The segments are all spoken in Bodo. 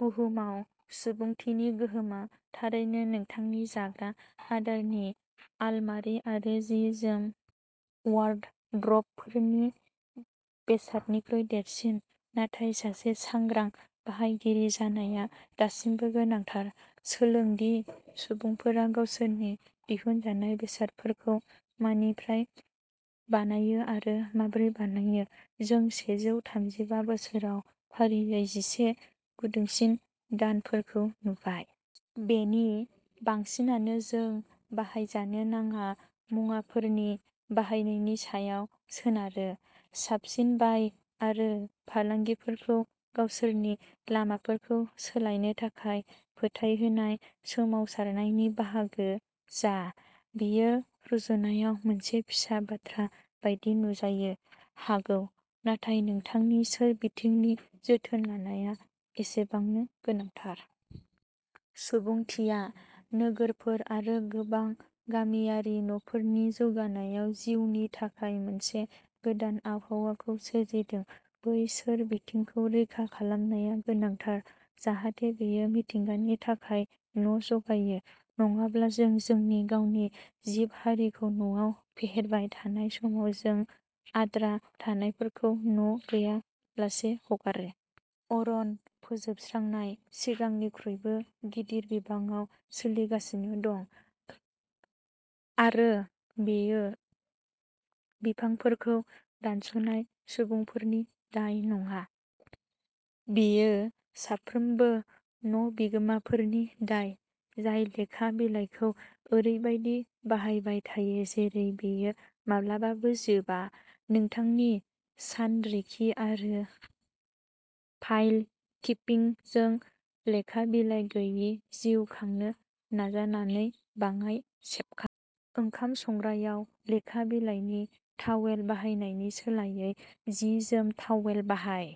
बुहुमाव सुबुंथिनि गोहोमआ थारैनो नोंथांनि जाग्रा आदारनि आलमारि आरो जि-जोम वार्ड्रबफोरनि बेसादनिख्रुइ देरसिन। नाथाय सासे सांग्रां बाहायगिरि जानाया दासिमबो गोनांथार। सोलों दि सुबुंफोरा गावसोरनि दिहुनजानाय बेसादफोरखौ मानिफ्राय बानायो आरो माबोरै बानायो। जों सेजौ थामजिबा बोसोराव फारियै जिसे गुदुंसिन दानफोरखौ नुबाय। बेनि बांसिनानो जों बाहायजानो नाङा मुवाफोरनि बाहायनायनि सायाव सोनारो। साबसिन बाय आरो फालांगिफोरखौ गावसोरनि लामाफोरखौ सोलायनो थाखाय फोथायहोनाय सोमावसारनायनि बाहागो जा। बेयो रुजुनायाव मोनसे फिसा बाथ्रा बायदि नुजानो हागौ, नाथाय नोंथांनि सोरबिथिंनि जोथोन लानाया एसेबांनो गोनांथार। सुबुंथिया नोगोरफोर आरो गोबां गामियारि न'फोरनि जौगानायाव जिउनि थाखाय मोनसे गोदान आबहावाखौ सोरजिदों। बै सोरबिथिंखौ रैखा खालामनाया गोनांथार जाहाथे बेयो मिथिंगानि थाखाय न' जगायो। नङाब्ला, जों जोंनि गावनि जिब-हारिखौ न'आव फेहेरबाय थानाय समाव, जों आद्रा थानायफोरखौ न' गैयालासे हगारो। अरन फोजोबस्रांनाय। सिगांनिख्रुइबो गिदिर बिबाङाव सोलिगासिनो दं आरो बेयो बिफांफोरखौ दानस'नाय सुबुंफोरनि दाय नङा। बेयो साफ्रोमबो न'बिगोमाफोरनि दाय जाय लेखा बिलाइखौ ओरैबायदि बाहायबाय थायो जेरै बेयो माब्लाबाबो जोबा। नोंथांनि सानरिखि आरो फाइल-किपिंजों लेखा बिलाइ गैयै जिउ खांनो नाजानानै बाङाय सेबखां। ओंखाम संग्रायाव लेखा बिलाइनि तावेल बाहायनायनि सोलायै, जि-जोम तावेल बाहाय।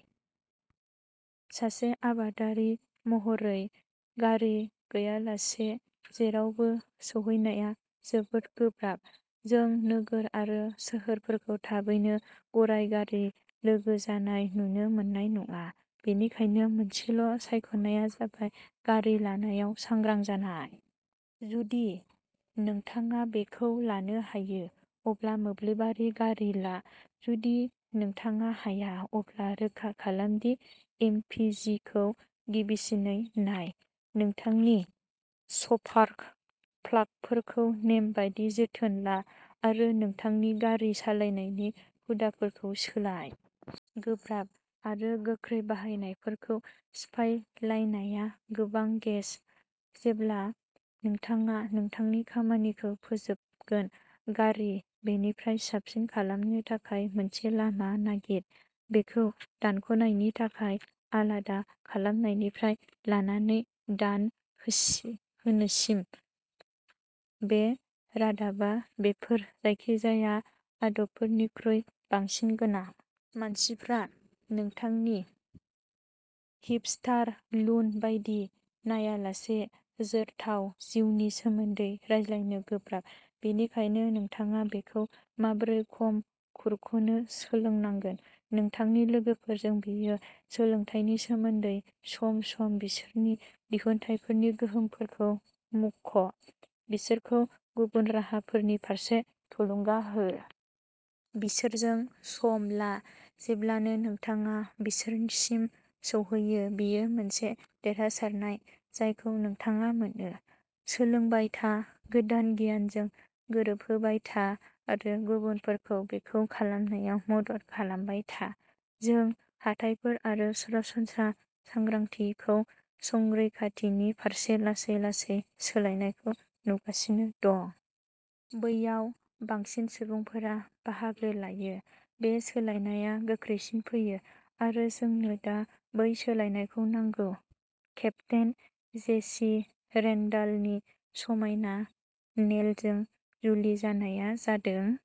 सासे आबादारि महरै, गारि गैयालासे जेरावबो सौहैनाया जोबोद गोब्राब। जों नोगोर आरो सोहोरफोरखौ थाबैनो गराय-गारि लोगो जानाय नुनो मोननाय नङा। बेनिखायनो मोनसेल' सायख'नायआ जाबाय गारि लानायाव सांग्रां जानाय। जुदि नोंथाङा बेखौ लानो हायो, अब्ला मोब्लिबारि गारि ला। जुदि नोंथाङा हाया, अब्ला रोखा खालाम दि एम पि जि खौ गिबिसिनै नाय। नोंथांनि स्पार्क प्लागफोरखौ नेमबादि जोथोन ला आरो नोंथांनि गारि सालायनायनि हुदाफोरखौ सोलाय। गोब्राब आरो गोख्रै बाहायग्राफोरखौ सिफायनायआ गोबां गेस। जेब्ला नोंथाङा नोंथांनि खामानिखौ फोजोबगोन। गारि, बेनिफ्राय साबसिन खालामनो थाखाय मोनसे लामा नागिर। बेखौ दानख'नायनि थाखाय आलादा खालामनायनिफ्राय लानानै दान होसि होनोसिम। बे रादाबा बेफोर जायखिजाया आदबफोरनिख्रुइ बांसिन गोनां। मानसिफ्रा नोंथांखौ हिपस्टार लुन बायदि नायालासे जोरथाव जिउनि सोमोन्दै रायज्लायनो गोब्राब। बेनिखायनो नोंथाङा बेखौ माबोरै खम खुरख'नो सोलोंनांगोन। नोंथांनि लोगोफोरजों, बेयो सोलोंथायनि सोमोन्दै। सम-सम बिसोरनि दिहुनथायफोरनि गोहोमफोरखौ मुंख'। बिसोरखौ गुबुन राहाफोरनि फारसे थुलुंगा हो। बिसोरजों सम ला। जेब्लानो नोंथाङा बिसोरसिम सौहैयो, बेयो मोनसे देरहासारनाय जायखौ नोंथाङा मोनो। सोलोंबाय था, गोदान गियानजों गोरोबहोबाय था आरो गुबुनफोरखौ बेखौ खालामनायाव मदद खालामबाय था। जों हाथाइफोर आरो सरासनस्रा सांग्रांथिखौ संरैखाथिनि फारसे लासै-लासै सोलायनायखौ नुगासिनो दं। बैयाव बांसिन सुबुंफोरा बाहागो लायो, बे सोलायनायआ गोख्रैसिन फैयो। आरो जोंनो दा बै सोलायनायखौ नांगौ। केप्टेन जेसि रेन्डालनि समायना नेलजों जुलि जानाया जादों।